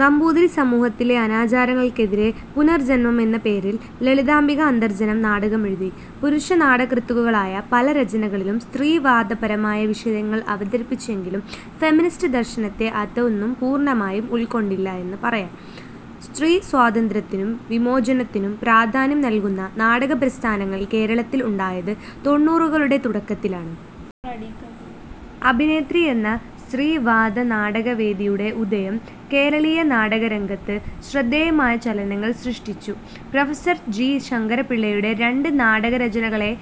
നമ്പൂതിരി സമൂഹത്തിലെ അനാചാരങ്ങൾക്കെതിരെ പുനർജന്മം എന്ന പേരിൽ ലളിതാംബിക അന്തർജനം നാടകമെഴുതി. പുരുഷ നാടകകൃത്തുക്കളുടെ പല രചനകളിലും സ്ത്രീവാദപരമായ വിഷയങ്ങൾ അവതരിപ്പിച്ചെങ്കിലും ഫെമിനിസ്റ്റ് ദർശനത്തെ അതൊന്നും പൂർണമായും ഉൾക്കൊണ്ടില്ല എന്ന് പറയാം. സ്ത്രീ സ്വാതന്ത്ര്യത്തിനും വിമോചനത്തിനും പ്രാധാന്യം നൽകുന്ന നാടകപ്രസ്ഥാനങ്ങൾ കേരളത്തിൽ ഉണ്ടായത് തൊണ്ണൂറുകളുടെ തുടക്കത്തിലാണ്. അഭിനേത്രി എന്ന സ്ത്രീവാദനാടകവേദിയുടെ ഉദയം കേരളീയ നാടകരംഗത്ത് ശ്രദ്ധേയമായ ചലനങ്ങൾ സൃഷ്ടിച്ചു. പ്രൊഫസർ ജി ശങ്കരപ്പിള്ളയുടെ രണ്ട് നാടകരചനകളെ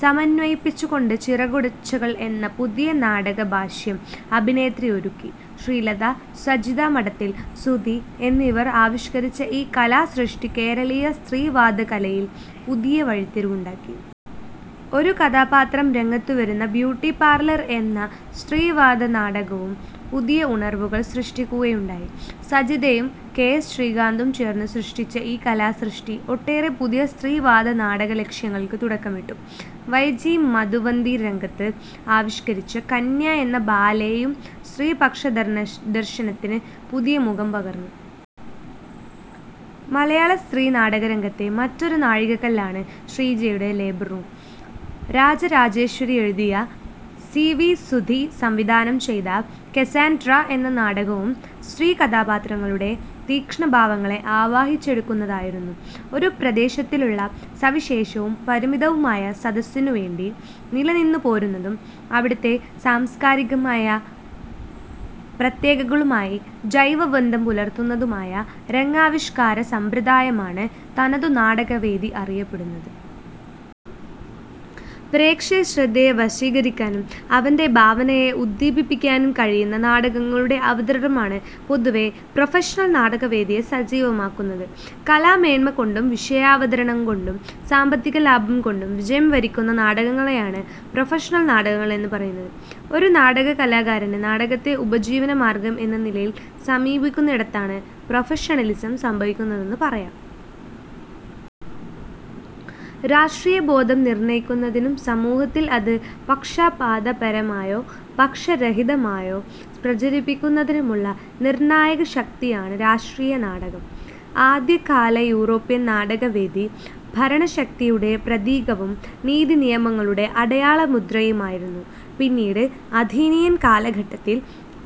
സമന്വയിപ്പിച്ചുകൊണ്ട് ചിറകടിയൊച്ചകൾ എന്ന പുതിയ നാടകഭാഷ്യം അഭിനേത്രി ഒരുക്കി. ശ്രീലത, സജിത മഠത്തിൽ, സുധി എന്നിവർ ആവിഷ്കരിച്ച ഈ കലാസൃഷ്ടി കേരളീയ സ്ത്രീവാദ കലയിൽ പുതിയ വഴിത്തിരിവുണ്ടാക്കി. ഒരു കഥാപാത്രം മാത്രം രംഗത്തുവരുന്ന ബ്യൂട്ടിപാർലർ എന്ന സ്ത്രീവാദ നാടകവും പുതിയ ഉണർവുകൾ സൃഷ്ടിക്കുകയുണ്ടായി. സജിതയും കെ എസ് ശ്രീകാന്തും ചേർന്ന് സൃഷ്ടിച്ച ഈ കലാസൃഷ്ടി, ഒട്ടേറെ പുതിയ സ്ത്രീവാദ നാടകലക്ഷ്യങ്ങൾക്ക് തുടക്കമിട്ടു. വൈ ജി മധുവന്തി രംഗത്ത് ആവിഷ്കരിച്ച കന്യ എന്ന ബാലേയും സ്ത്രീപക്ഷ ദർശനത്തിന് പുതിയ മുഖം പകർന്നു. മലയാള സ്ത്രീനാടകരംഗത്തെ മറ്റൊരു നാഴികക്കല്ലാണ് ശ്രീജയുടെ ലേബർ റൂം. രാജരാജേശ്വരി എഴുതി സി വി സുധി സംവിധാനം ചെയ്ത കസാൻഡ്ര എന്ന നാടകവും സ്ത്രീകഥാപാത്രങ്ങളുടെ തീക്ഷ്ണഭാവങ്ങളെ ആവാഹിച്ചെടുക്കുന്നതായിരുന്നു. ഒരു പ്രദേശത്തിലുള്ള സവിശേഷവും പരിമിതവുമായ സദസ്സിനു വേണ്ടി നിലനിന്നുപോരുന്നതും, അവിടത്തെ സാംസ്കാരികമായ പ്രത്യേകതകളുമായി ജൈവബന്ധം പുലർത്തുന്നതുമായ രംഗാവിഷ്കാര സമ്പ്രദായമാണ് തനതു നാടകവേദി എന്നറിയപ്പെടുന്നത്. പ്രേക്ഷകശ്രദ്ധയെ വശീകരിക്കാനും അവൻ്റെ ഭാവനയെ ഉദ്ദീപിപ്പിക്കാനും കഴിയുന്ന നാടകങ്ങളുടെ അവതരണമാണ് പൊതുവേ പ്രൊഫഷണൽ നാടകവേദിയെ സജീവമാക്കുന്നത്. കലാമേന്മ കൊണ്ടും വിഷയാവതരണം കൊണ്ടും സാമ്പത്തിക ലാഭം കൊണ്ടും വിജയം വരിക്കുന്ന നാടകങ്ങളെയാണ് പ്രൊഫഷണൽ നാടകങ്ങൾ എന്ന് പറയുന്നത്. ഒരു നാടകകലാകാരന് നാടകത്തെ ഉപജീവനമാർഗ്ഗം എന്ന നിലയിൽ സമീപിക്കുന്നിടത്താണ് പ്രൊഫഷണലിസം സംഭവിക്കുന്നതെന്ന് പറയാം. രാഷ്ട്രീയബോധം നിർണയിക്കുന്നതിനും സമൂഹത്തിൽ അത് പക്ഷപാതപരമായോ, പക്ഷരഹിതമായോ പ്രചരിപ്പിക്കുന്നതിനുമുള്ള നിർണായകശക്തിയാണ് രാഷ്ട്രീയ നാടകം. ആദ്യകാല യൂറോപ്യൻ നാടകവേദി ഭരണശക്തിയുടെ പ്രതീകവും നീതിനിയമങ്ങളുടെ അടയാളമുദ്രയുമായിരുന്നു. പിന്നീട്, അഥീനിയൻ കാലഘട്ടത്തിൽ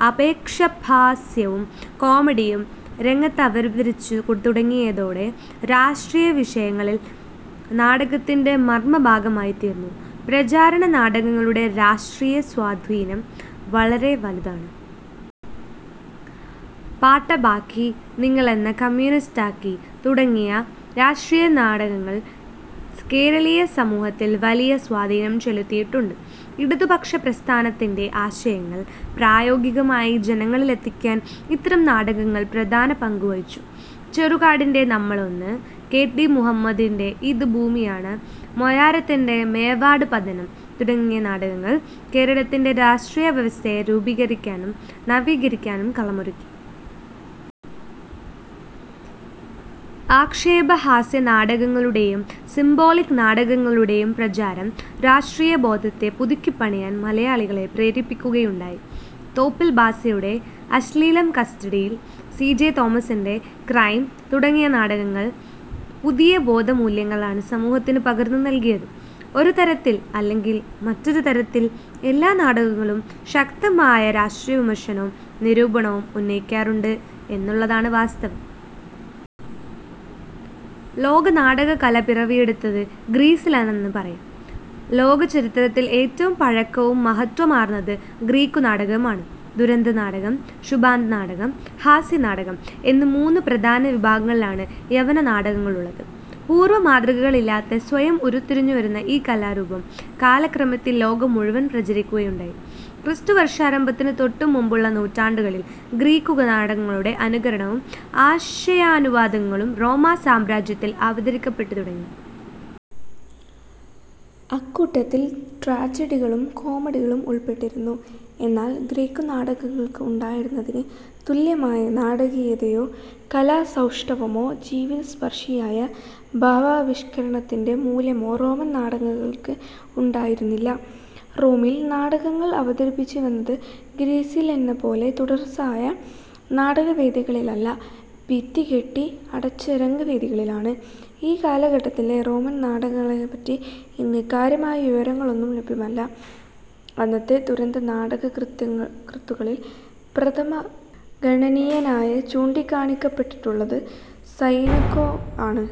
ആക്ഷേപഹാസ്യവും കോമഡിയും രംഗത്തവതരിപ്പിച്ചു തുടങ്ങിയതോടെ, രാഷ്ട്രീയ വിഷയങ്ങൾ നാടകത്തിൻ്റെ മർമഭാഗമായിത്തീർന്നു. പ്രചാരണ നാടകങ്ങളുടെ രാഷ്ട്രീയ സ്വാധീനം വളരെ വലുതാണ്. പാട്ടബാക്കി, നിങ്ങളെന്നെ കമ്യൂണിസ്റ്റാക്കി തുടങ്ങിയ രാഷ്ട്രീയ നാടകങ്ങൾ കേരളീയ സമൂഹത്തിൽ വലിയ സ്വാധീനം ചെലുത്തിയിട്ടുണ്ട്. ഇടതുപക്ഷപ്രസ്ഥാനത്തിൻ്റെ ആശയങ്ങൾ പ്രായോഗികമായി ജനങ്ങളിലെത്തിക്കാൻ ഇത്തരം നാടകങ്ങൾ പ്രധാന പങ്ക് വഹിച്ചു. ചെറുകാടിൻ്റെ നമ്മളൊന്ന്, കെ ടി മുഹമ്മദിൻ്റെ ഇത് ഭൂമിയാണ്, മൊയാരത്തിൻ്റെ മേവാഡ് പതനം തുടങ്ങിയ നാടകങ്ങൾ കേരളത്തിൻ്റെ രാഷ്ട്രീയ വ്യവസ്ഥയെ രൂപീകരിക്കാനും നവീകരിക്കാനും കളമൊരുക്കി. ആക്ഷേപഹാസ്യ നാടകങ്ങളുടെയും സിമ്പോളിക് നാടകങ്ങളുടെയും പ്രചാരം രാഷ്ട്രീയബോധത്തെ പുതുക്കിപ്പണിയാൻ മലയാളികളെ പ്രേരിപ്പിക്കുകയുണ്ടായി. തോപ്പിൽഭാസിയുടെ അശ്ളീലം കസ്റ്റഡിയിൽ, സി ജെ തോമസിൻ്റെ ക്രൈം തുടങ്ങിയ നാടകങ്ങൾ പുതിയ ബോധമൂല്യങ്ങളാണ് സമൂഹത്തിന് പകർന്നു നൽകിയത്. ഒരുതരത്തിൽ അല്ലെങ്കിൽ മറ്റൊരു തരത്തിൽ എല്ലാ നാടകങ്ങളും ശക്തമായ രാഷ്ട്രീയ വിമർശനവും നിരൂപണവും ഉന്നയിക്കാറുണ്ട് എന്നതാണ് വാസ്തവം. ലോകനാടകകല പിറവിയെടുത്തത് ഗ്രീസിലാണെന്ന് പറയാം. ലോകചരിത്രത്തിൽ ഏറ്റവും പഴക്കവും മഹത്ത്വവുമാർന്നത് ഗ്രീക്കുനാടകമാണ്. ദുരന്തനാടകം, ശുഭാന്തനാടകം, ഹാസ്യനാടകം എന്ന് മൂന്നു പ്രധാന വിഭാഗങ്ങളാണ് യവന നാടകത്തിലുള്ളത്. പൂർവ മാതൃകകളില്ലാതെ സ്വയം ഉരുത്തിരിഞ്ഞുവന്ന ഈ കലാരൂപം കാലക്രമത്തിൽ ലോകം മുഴുവൻ പ്രചരിക്കുകയായിരുന്നു. ക്രിസ്തുവർഷാരംഭത്തിന് തൊട്ടുമുമ്പുള്ള നൂറ്റാണ്ടുകളിൽ ഗ്രീക്കുനാടകങ്ങളുടെ അനുകരണങ്ങളും ആശയാനുവാദങ്ങളും റോമാ സാമ്രാജ്യത്തിൽ അവതരിക്കപ്പെട്ടു തുടങ്ങി. അക്കൂട്ടത്തിൽ ട്രാജഡികളും കോമഡികളും ഉൾപ്പെട്ടിരുന്നു. എന്നാൽ ഗ്രീക്കുനാടകങ്ങൾക്ക് ഉണ്ടായിരുന്നതിന് തുല്യമായ നാടകീയതയോ കലാസൗഷ്ഠവമോ ജീവിതസ്പർശിയായ ഭാവാവിഷ്കരണത്തിൻ്റെ മൂല്യമോ റോമൻ നാടകങ്ങൾക്ക് ഉണ്ടായിരുന്നില്ല. റോമിൽ നാടകങ്ങൾ അവതരിപ്പിച്ചുവന്നത് ഗ്രീസിലെന്നപോലെ തുറസ്സായ നാടകവേദികളിലല്ല, ഭിത്തികെട്ടി അടച്ച രംഗവേദികളിലാണ്. ഈ കാലഘട്ടത്തിലെ റോമൻ നാടകങ്ങളെപ്പറ്റി ഇന്ന് കാര്യമായ വിവരങ്ങളൊന്നും ലഭ്യമല്ല. അന്നത്തെ ദുരന്ത നാടകകൃത്തുക്കളിൽ പ്രഥമഗണനീയനായി ചൂണ്ടിക്കാണിക്കപ്പെട്ടിട്ടുള്ളത് സെനെക്കാ ആണ്